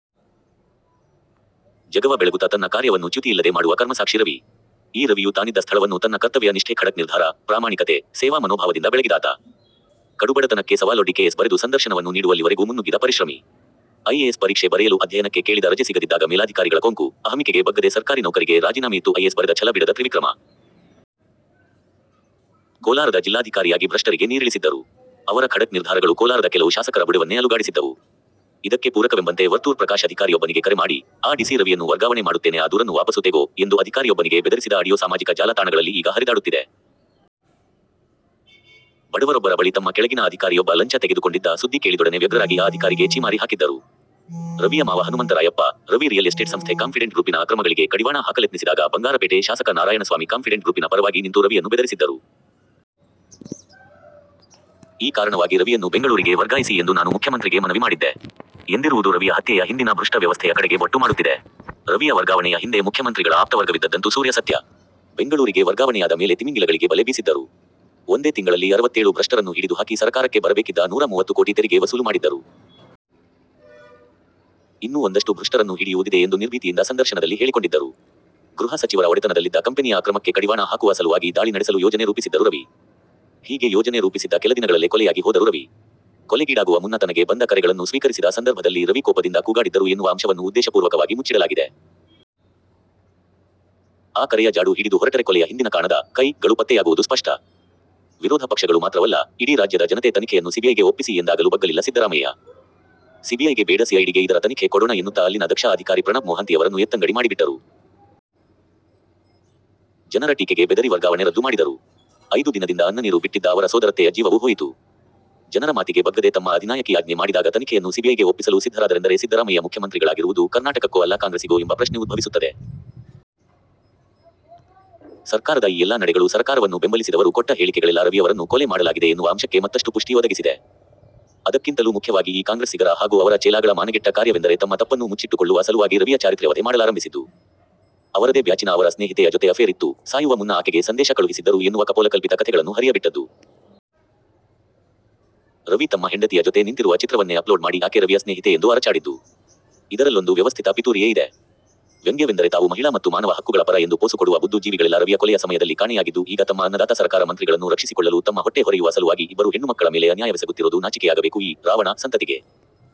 ಜಗವ ಬೆಳಗುತ ತನ್ನ ಕಾರ್ಯವನ್ನು ಚ್ಯುತಿಯಿಲ್ಲದೆ ಮಾಡುವ ಕರ್ಮಸಾಕ್ಷಿ ರವಿ. ಈ ರವಿಯೂ ತಾನಿದ್ದ ಸ್ಥಳವನ್ನು ತನ್ನ ಕರ್ತವ್ಯ ನಿಷ್ಠೆ ಖಡಕ್ ನಿರ್ಧಾರ, ಪ್ರಾಮಾಣಿಕತೆ, ಸೇವಾ ಮನೋಭಾವದಿಂದ ಬೆಳಗಿದಾತ. ಕಡುಬಡತನಕ್ಕೇ ಸವಾಲೊಡ್ಡಿ ಕೆಎಎಸ್ ಬರೆದು ಸಂದರ್ಶನವನ್ನೂ ನೀಡುವಲ್ಲಿವರೆಗೂ ಮುನ್ನುಗ್ಗಿದ ಪರಿಶ್ರಮಿ. ಐ ಎ ಎಸ್ ಪರೀಕ್ಷೆ ಬರೆಯಲು ಅಧ್ಯಯನಕ್ಕೆ ಕೇಳಿದ ರಜೆ ಸಿಗದಿದ್ದಾಗ ಮೇಲಾಧಿಕಾರಿಗಳ ಕೊಂಕು, ಅಹಮಿಕೆಗೆ ಬಗ್ಗದೆ ಸರ್ಕಾರೀ ನೌಕರಿಗೆ ರಾಜೀನಾಮೆಯಿತ್ತು ಐಎಎಸ್ ಬರೆದ ಛಲ ಬಿಡದ ತ್ರಿವಿಕ್ರಮ. ಕೋಲಾರದ ಜಿಲ್ಲಾಧಿಕಾರಿಯಾಗಿ ಭ್ರಷ್ಟರಿಗೆ ನೀರಿಳಿಸಿದ್ದರು. ಅವರ ಖಡಕ್ ನಿರ್ಧಾರಗಳು ಕೋಲಾರದ ಕೆಲವು ಶಾಸಕರ ಬುಡವನ್ನೇ ಅಲುಗಾಡಿಸಿದ್ದವು. ಇದಕ್ಕೆ ಪೂರಕವೆಂಬಂತೆ ವರ್ತೂರ್ ಪ್ರಕಾಶ್ ಅಧಿಕಾರಿಯೊಬ್ಬನಿಗೆ ಕರೆ ಮಾಡಿ "ಆ ಡಿ ಸಿ ರವಿಯನ್ನು ವರ್ಗಾವಣೆ ಮಾಡುತ್ತೇನೆ ಆ ದೂರನ್ನು ವಾಪಸು ತೆಗೋ" ಎಂದು ಅಧಿಕಾರಿಯೊಬ್ಬನಿಗೆ ಬೆದರಿಸಿದ ಅಡಿಯೋ ಸಾಮಾಜಿಕ ಜಾಲ ತಾಣಗಳಲ್ಲಿ ಈಗ ಹರಿದಾಡುತ್ತಿದೆ. ಬಡವರೊಬ್ಬರ ಬಳಿ ತಮ್ಮ ಕೆಳಗಿನ ಅಧಿಕಾರಿಯೊಬ್ಬ ಲಂಚ ತೆಗೆದುಕೊಂಡಿದ್ದ ಸುದ್ದಿ ಕೇಳಿದೊಡನೆ ವ್ಯಗ್ರರಾಗಿ ಆ ಅಧಿಕಾರಿಗೆ ಛೀಮಾರಿ ಹಾಕಿದ್ದರು. ರವಿಯ ಮಾವ ಹನುಮಂತರಾಯಪ್ಪ, "ರವಿ ರಿಯಲ್ ಎಸ್ಟೇಟ್ ಸಂಸ್ಥೆ ಕಾನ್ಫಿಡೆಂಟ್ ಗ್ರೂಪಿನ ಅಕ್ರಮಗಳಿಗೆ ಕಡಿವಾಣ ಹಾಕಲೆತ್ನಿಸಿದಾಗ ಬಂಗಾರಪೇಟೆ ಶಾಸಕ ನಾರಾಯಣಸ್ವಾಮಿ ಕಾನ್ಫಿಡೆಂಟ್ ಗ್ರೂಪಿನ ಪರವಾಗಿ ನಿಂತು ರವಿಯನ್ನು ಬೆದರಿಸಿದ್ದರು. ಈ ಕಾರಣವಾಗಿ ರವಿಯನ್ನು ಬೆಂಗಳೂರಿಗೆ ವರ್ಗಾಯಿಸಿ ಎಂದು ನಾನು ಮುಖ್ಯಮಂತ್ರಿಗೆ ಮನವಿ ಮಾಡಿದ್ದೆ". ಎಂದಿರುವುದು ರವಿಯ ಹತ್ಯೆಯ ಹಿಂದಿನ ಭೃಷ್ಟ ವ್ಯವಸ್ಥೆಯ ಕಡೆಗೆ ಬೊಟ್ಟು ಮಾಡುತ್ತಿದೆ. ರವಿಯ ವರ್ಗಾವಣೆಯ ಹಿಂದೆ ಮುಖ್ಯಮಂತ್ರಿಗಳ ಆಪ್ತವರ್ಗವಿದ್ದದ್ದಂತೂ ಸೂರ್ಯ ಸತ್ಯ. ಬೆಂಗಳೂರಿಗೆ ವರ್ಗಾವಣೆಯಾದ ಮೇಲೆ ತಿಮಿಂಗಿಲಗಳಿಗೇ ಬಲೆ ಬೀಸಿದ್ದರು. ಒಂದೇ ತಿಂಗಳಲ್ಲಿ ಅರವತ್ತೇಳು ಭ್ರಷ್ಟರನ್ನು ಹಿಡಿದುಹಾಕಿ ಸರಕಾರಕ್ಕೆ ಬರಬೇಕಿದ್ದ ನೂರ ಮೂವತ್ತು ಕೋಟಿ ತೆರಿಗೆ ವಸೂಲು ಮಾಡಿದ್ದರು. ಇನ್ನೂ ಒಂದಷ್ಟು ಭೃಷ್ಟರನ್ನು ಹಿಡಿಯುವುದಿದೆ ಎಂದು ನಿರ್ಭೀತಿಯಿಂದ ಸಂದರ್ಶನದಲ್ಲಿ ಹೇಳಿಕೊಂಡಿದ್ದರು. ಗೃಹ ಸಚಿವರ ಒಡೆತನದಲ್ಲಿದ್ದ ಕಂಪೆನಿಯ ಅಕ್ರಮಕ್ಕೆ ಕಡಿವಾಣ ಹಾಕುವ ಸಲುವಾಗಿ ದಾಳಿ ನಡೆಸಲು ಯೋಜನೆ ರೂಪಿಸಿದ್ದರು ರವಿ. ಹೀಗೆ ಯೋಜನೆ ರೂಪಿಸಿದ್ದ ಕೆಲದಿನಗಳಲ್ಲೇ ಕೊಲೆಯಾಗಿ ಹೋದರು ರವಿ. ಕೊಲೆಗೀಡಾಗುವ ಮುನ್ನ ತನಗೆ ಬಂದ ಕರೆಗಳನ್ನು ಸ್ವೀಕರಿಸಿದ ಸಂದರ್ಭದಲ್ಲಿ ರವಿ ಕೋಪದಿಂದ ಕೂಗಾಡಿದ್ದರು ಎನ್ನುವ ಅಂಶವನ್ನು ಉದ್ದೇಶಪೂರ್ವಕವಾಗಿ ಮುಚ್ಚಿಡಲಾಗಿದೆ. ಆ ಕರೆಯ ಜಾಡು ಹಿಡಿದು ಹೊರಟರೆ ಕೊಲೆಯ ಹಿಂದಿನ ಕಾಣದ "ಕೈ"ಗಳು ಪತ್ತೆಯಾಗುವುದು ಸ್ಪಷ್ಟ. ವಿರೋಧ ಪಕ್ಷಗಳು ಮಾತ್ರವಲ್ಲ, ಇಡೀ ರಾಜ್ಯದ ಜನತೆ ತನಿಖೆಯನ್ನು ಸಿಬಿಐಗೆ ಒಪ್ಪಿಸಿ ಎಂದಾಗಲೂ ಬಗ್ಗಲಿಲ್ಲ ಸಿದ್ದರಾಮಯ್ಯ. ಸಿಬಿಐಗೆ ಬೇಡ ಸಿಐಡಿಗೆ ಇದರ ತನಿಖೆ ಕೊಡೋಣ ಎನ್ನುತ್ತ ಅಲ್ಲಿನ ದಕ್ಷ ಅಧಿಕಾರಿ ಪ್ರಣಬ್ ಮೋಹಾಂತಿಯವರನ್ನು ಎತ್ತಂಗಡಿ ಮಾಡಿಬಿಟ್ಟರು. ಜನರ ಟೀಕೆಗೆ ಬೆದರಿ ವರ್ಗಾವಣೆ ರದ್ದು ಮಾಡಿದರು. ಐದು ದಿನದಿಂದ ಅನ್ನನೀರು ಬಿಟ್ಟಿದ್ದ ಅವರ ಸೋದರತ್ತೆಯ ಜೀವವೂ ಹೋಯಿತು. ಜನರ ಮಾತಿಗೆ ಬಗ್ಗದೆ ತಮ್ಮ ಅಧಿನಾಯಕಿ ಆಜ್ಞೆ ಮಾಡಿದಾಗ ತನಿಖೆಯನ್ನು ಸಿಬಿಐಗೆ ಒಪ್ಪಿಸಲು ಸಿದ್ಧರಾದರೆಂದರೆ ಸಿದ್ದರಾಮಯ್ಯ ಮುಖ್ಯಮಂತ್ರಿಗಳಾಗಿರುವುದು ಕರ್ನಾಟಕಕ್ಕೋ ಅಲ್ಲಾ ಕಾಂಗ್ರೆಸಿಗೋ ಎಂಬ ಪ್ರಶ್ನೆ ಉದ್ಭವಿಸುತ್ತದೆ. ಸರ್ಕಾರದ ಈ ಎಲ್ಲಾ ನಡೆಗಳು ಸರಕಾರವನ್ನು ಬೆಂಬಲಿಸಿದವರು ಕೊಟ್ಟ ಹೇಳಿಕೆಗಳೆಲ್ಲಾ ರವಿಯವರನ್ನು ಕೊಲೆ ಮಾಡಲಾಗಿದೆ ಎನ್ನುವ ಅಂಶಕ್ಕೆ ಮತ್ತಷ್ಟು ಪುಷ್ಠಿ ಒದಗಿಸಿದೆ. ಅದಕ್ಕಿಂತಲೂ ಮುಖ್ಯವಾಗಿ ಈ ಕಾಂಗ್ರೆಸ್ಸಿಗರ ಹಾಗೂ ಅವರ ಚೇಲಾಗಳ ಮಾನಗೆಟ್ಟ ಕಾರ್ಯವೆಂದರೆ ತಮ್ಮ ತಪ್ಪನ್ನು ಮುಚ್ಚಿಟ್ಟುಕೊಳ್ಳುವ ಸಲುವಾಗಿ ರವಿಯ ಚಾರಿತ್ರ್ಯವಧೆ ಮಾಡಲಾರಂಭಿಸಿದ್ದು. ಅವರದೇ ಬ್ಯಾಚಿನ ಅವರ ಸ್ನೇಹಿತೆಯ ಜೊತೆ ಅಫೇರ್ ಇತ್ತು, ಸಾಯುವ ಮುನ್ನ ಆಕೆಗೆ ಸಂದೇಶ ಕಳುಹಿಸಿದ್ದರು ಎನ್ನುವ ಕಪೋಲಕಲ್ಪಿತ ಕಥೆಗಳನ್ನು ಹರಿಯಬಿಟ್ಟದ್ದು. ರವಿ ತಮ್ಮ ಹೆಂಡತಿಯ ಜೊತೆ ನಿಂತಿರುವ ಚಿತ್ರವನ್ನೇ ಅಪ್ಲೋಡ್ ಮಾಡಿ ಆಕೆ ರವಿಯ ಸ್ನೇಹಿತೆ ಎಂದು ಅರಚಾಡಿದ್ದು. ಇದರಲ್ಲೊಂದು ವ್ಯವಸ್ಥಿತ ಪಿತೂರಿಯೇ ಇದೆ. ವ್ಯಂಗ್ಯವೆಂದರೆ ತಾವು ಮಹಿಳಾ ಮತ್ತು ಮಾನವ ಹಕ್ಕುಗಳ ಪರ ಎಂದು ಪೋಸುಕೊಡುವ ಬುದ್ದು ಜೀವಿಗಳೆಲ್ಲಾ ರವಿಯ ಕೊಲೆಯ ಸಮಯದಲ್ಲಿ ಕಾಣೆಯಾಗಿದ್ದು ಈಗ ತಮ್ಮ ಅನ್ನದಾತ ಸರಕಾರ-ಮಂತ್ರಿಗಳನ್ನು ರಕ್ಷಿಸಿಕೊಳ್ಳಲು ತಮ್ಮ ಹೊಟ್ಟೆ ಹೊರೆಯುವ ಸಲುವಾಗಿ ಇಬ್ಬರು ಹೆಣ್ಣುಮಕ್ಕಳ ಮೇಲೆ ಅನ್ಯಾಯವೆಸಗುತ್ತಿರೋದು ನಾಚಿಕೆಯಾಗಬೇಕು ಈ "ರಾವಣ" ಸಂತತಿಗೆ.